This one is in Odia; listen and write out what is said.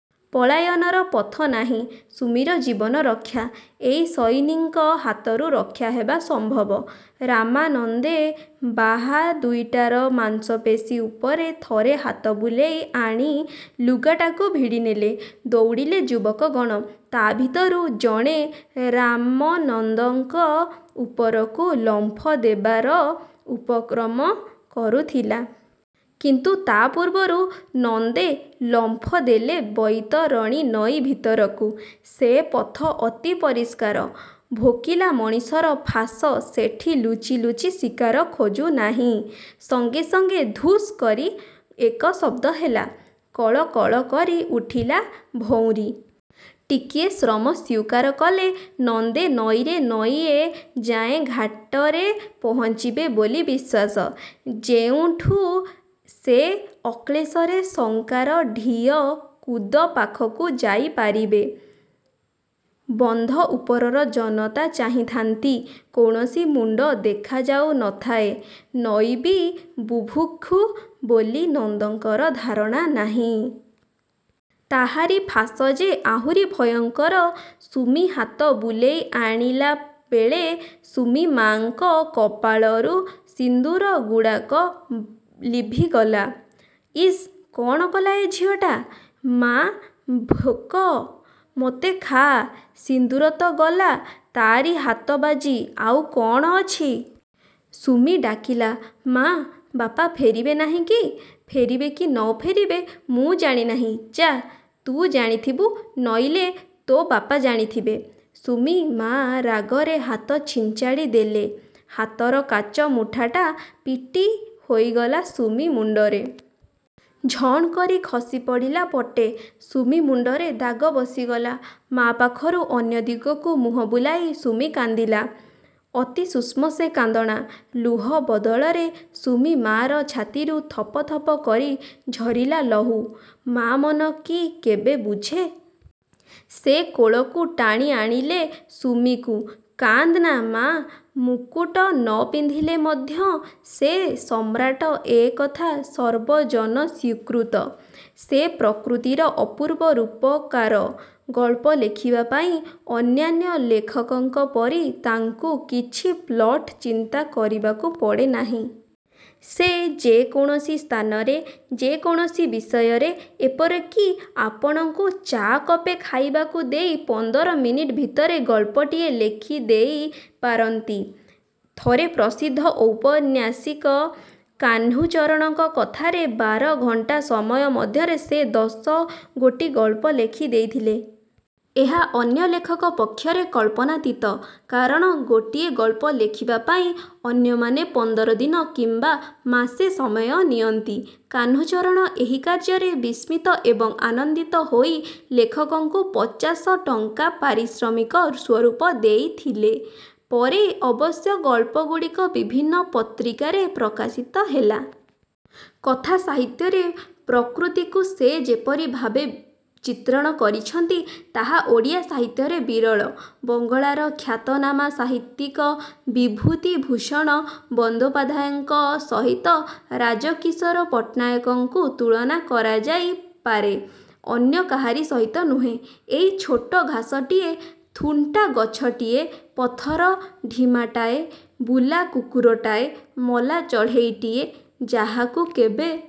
ପଳାୟନର ପଥ ନାହିଁ। ସୁମିର ଜୀବନ ରକ୍ଷା-ଏଇ ସଇନିଙ୍କ ହାତରୁ ରକ୍ଷା ହେବା ସମ୍ଭବ। ରାମାନନ୍ଦେ ବାହା ଦୁଇଟାର ମାଂସପେଶୀ ଉପରେ ଥରେ ହାତ ବୁଲେଇ ଆଣି-ଲୁଗାଟାକୁ ଭିଡ଼ି ନେଲେ। ଦଉଡ଼ିଲେ ଯୁବକ ଗଣ, ତା ଭିତରୁ ଜଣେ ରାମନନ୍ଦଙ୍କ ଉପରକୁ ଲମ୍ଫ ଦେବାର ଉପକ୍ରମ କରୁଥିଲା। କିନ୍ତୁ ତା ପୂର୍ବରୁ ନନ୍ଦେ ଲମ୍ଫ ଦେଲେ ବୈତରଣୀ ନଈ ଭିତରକୁ। ସେ ପଥ ଅତି ପରିଷ୍କାର। ଭୋକିଲା ମଣିଷର ଫାଶ ସେଠି ଲୁଚି ଲୁଚି ଶିକାର ଖୋଜୁ ନାହିଁ। ସଙ୍ଗେ ସଙ୍ଗେ 'ଧୁସ୍' କରି ଏକ ଶବ୍ଦ ହେଲା। କଳ କଳ କରି ଉଠିଲା ଭଉଁରୀ। ଟିକିଏ ଶ୍ରମ ସ୍ୱୀକାର କଲେ ନନ୍ଦେ ନଈରେ ନଈଏ ଯାଇଁ ଘାଟରେ ପହଞ୍ଚିବେ ବୋଲି ବିଶ୍ୱାସ। ଯେଉଁଠୁ ସେ ଅକ୍ଳେଶରେ ଶଙ୍କରା ଢିଅ କୁଦ ପାଖକୁ ଯାଇ ପାରିବେ। ବନ୍ଧ ଉପରର ଜନତା ଚାହିଁଥାନ୍ତି। କୌଣସି ମୁଣ୍ଡ ଦେଖାଯାଉ ନଥାଏ। ନଈ ବି ବୁଭୁକ୍ଷୁ ବୋଲି ନନ୍ଦଙ୍କର ଧାରଣା ନାହିଁ। ତାହାରି ଫାଶ ଯେ ଆହୁରି ଭୟଙ୍କର। ସୁମି ହାତ ବୁଲେଇ ଆଣିଲା ବେଳେ ସୁମି-ମାଙ୍କ କପାଳରୁ ସିନ୍ଦୂରଗୁଡ଼ାକ ଲିଭିଗଲା। ଇସ୍-କଣ କଲା ଏ ଝିଅଟା! -'ମା ଭୋକ। ' -'ମୋତେ ଖା। ' ସିନ୍ଦୂର ତ ଗଲା ତାରି ହାତ ବାଜି। ଆଉ କଣ ଅଛି? ସୁମି ଡ଼ାକିଲା-'ମା, ବାପା ଫେରିବେ ନାହିଁ କି-ଫେରିବେ କି ନ ଫେରିବେ ମୁଁ ଜାଣି ନାହିଁ, ଯାଃ। ତୁ ଜାଣିଥିବୁ, ନଇଲେ ତୋ ବାପା ଜାଣି ଥିବେ। ' ସୁମି-ମା ରାଗରେ ହାତ ଛିଞ୍ଚାଡ଼ି ଦେଲେ। ହାତର କାଚ ମୁଠାଟା ପିଟି ହୋଇଗଲା ସୁମି ମୁଣ୍ଡରେ। ଝଣ୍ କରି ଖସି ପଡ଼ିଲା ପଟେ। ସୁମି ମୁଣ୍ଡରେ ଦାଗ ବସିଗଲା। ମା' ପାଖରୁ ଅନ୍ୟ ଦିଗକୁ ମୁଖ ବୁଲେଇ ସୁମି କାନ୍ଦିଲା। ଅତି ଶୁଷ୍ମ ସେ କାନ୍ଦଣା। ଲୁହ ବଦଳରେ ସୁମି-ମା'ର ଛାତିରୁ ଥପ ଥପ କରି ଝରିଲା ଲହୁ। ମା' ମନ କି କେବେ ବୁଝେ। ସେ କୋଳକୁ ଟାଣି ଆଣିଲେ ସୁମିକୁ। 'କାନ୍ଦ୍ ନା, ମା। ମୁକୁଟ ନ ପିନ୍ଧିଲେ ମଧ୍ୟ ସେ ସମ୍ରାଟ ଏ କଥା ସର୍ବଜନ ସ୍ୱୀକୃତ। ସେ ପ୍ରକୃତିର ଅପୂର୍ବ ରୂପକାର। ଗଳ୍ପ ଲେଖିବା ପାଇଁ ଅନ୍ୟାନ୍ୟ ଲେଖକଙ୍କ ପରି ତାଙ୍କୁ କିଛି ପ୍ଲଟ୍ ଚିନ୍ତା କରିବାକୁ ପଡ଼େନାହିଁ। ସେ ଯେ କୌଣସି ସ୍ଥାନରେ, ଯେ କୌଣସି ବିଷୟରେ ଏପରିକି ଆପଣଙ୍କୁ ଚା'କପେ ଖାଇବାକୁ ଦେଇ ପନ୍ଦର ମିନିଟ୍ ଭିତରେ ଗଳ୍ପଟିଏ ଲେଖିଦେଇ ପାରନ୍ତି। ଥରେ ପ୍ରସିଦ୍ଧ ଔପନ୍ୟାସିକ କାହ୍ନୁଚରଣଙ୍କ କଥାରେ ବାର ଘଣ୍ଟା ସମୟ ମଧ୍ୟରେ ସେ ଦଶ ଗୋଟି ଗଳ୍ପ ଲେଖି ଦେଇଥିଲେ। ଏହା ଅନ୍ୟ ଲେଖକ ପକ୍ଷରେ କଳ୍ପନାତୀତ, କାରଣ ଗୋଟିଏ ଗଳ୍ପ ଲେଖିବା ପାଇଁ ଅନ୍ୟମାନେ ପନ୍ଦର ଦିନ କିମ୍ବା ମାସେ ସମୟ ନିଅନ୍ତି। କାହ୍ନୁଚରଣ ଏହି କାର୍ଯ୍ୟରେ ବିସ୍ମିତ ଏବଂ ଆନନ୍ଦିତ ହୋଇ ଲେଖକଙ୍କୁ ପଚାଶ ଟଙ୍କା ପାରିଶ୍ରମିକ ସ୍ୱରୂପ ଦେଇଥିଲେ-। ପରେ ଅବଶ୍ୟ ଗଳ୍ପ ଗୁଡ଼ିକ ବିଭିନ୍ନ ପତ୍ରିକାରେ ପ୍ରକାଶିତ ହେଲା। କଥା ସାହିତ୍ୟରେ ପ୍ରକୃତିକୁ ସେ ଯେପରି ଭାବେ ଚିତ୍ରଣ କରିଛନ୍ତି ତାହା ଓଡ଼ିଆ ସାହିତ୍ୟରେ ବିରଳ। ବଙ୍ଗଳାର ଖ୍ୟାତନାମା ସାହିତ୍ୟିକ ବିଭୁତିଭୂଷଣ ବନ୍ଦୋପାଧ୍ୟାୟଙ୍କ ସହିତ ରାଜକିଶୋର ପଟ୍ଟନାୟକଙ୍କୁ ତୁଳନା କରାଯାଇ ପାରେ, ଅନ୍ୟ କାହାରି ସହିତ ନୁହେଁ। ଏଇ ଛୋଟ ଘାସଟିଏ, ଥୁଣ୍ଟା ଗଛଟିଏ, ପଥର ଢିମାଟାଏ, ବୁଲା କୁକୁରଟାଏ, ମଲା ଚଢ଼େଇଟିଏ, ଯାହାକୁ କେବେ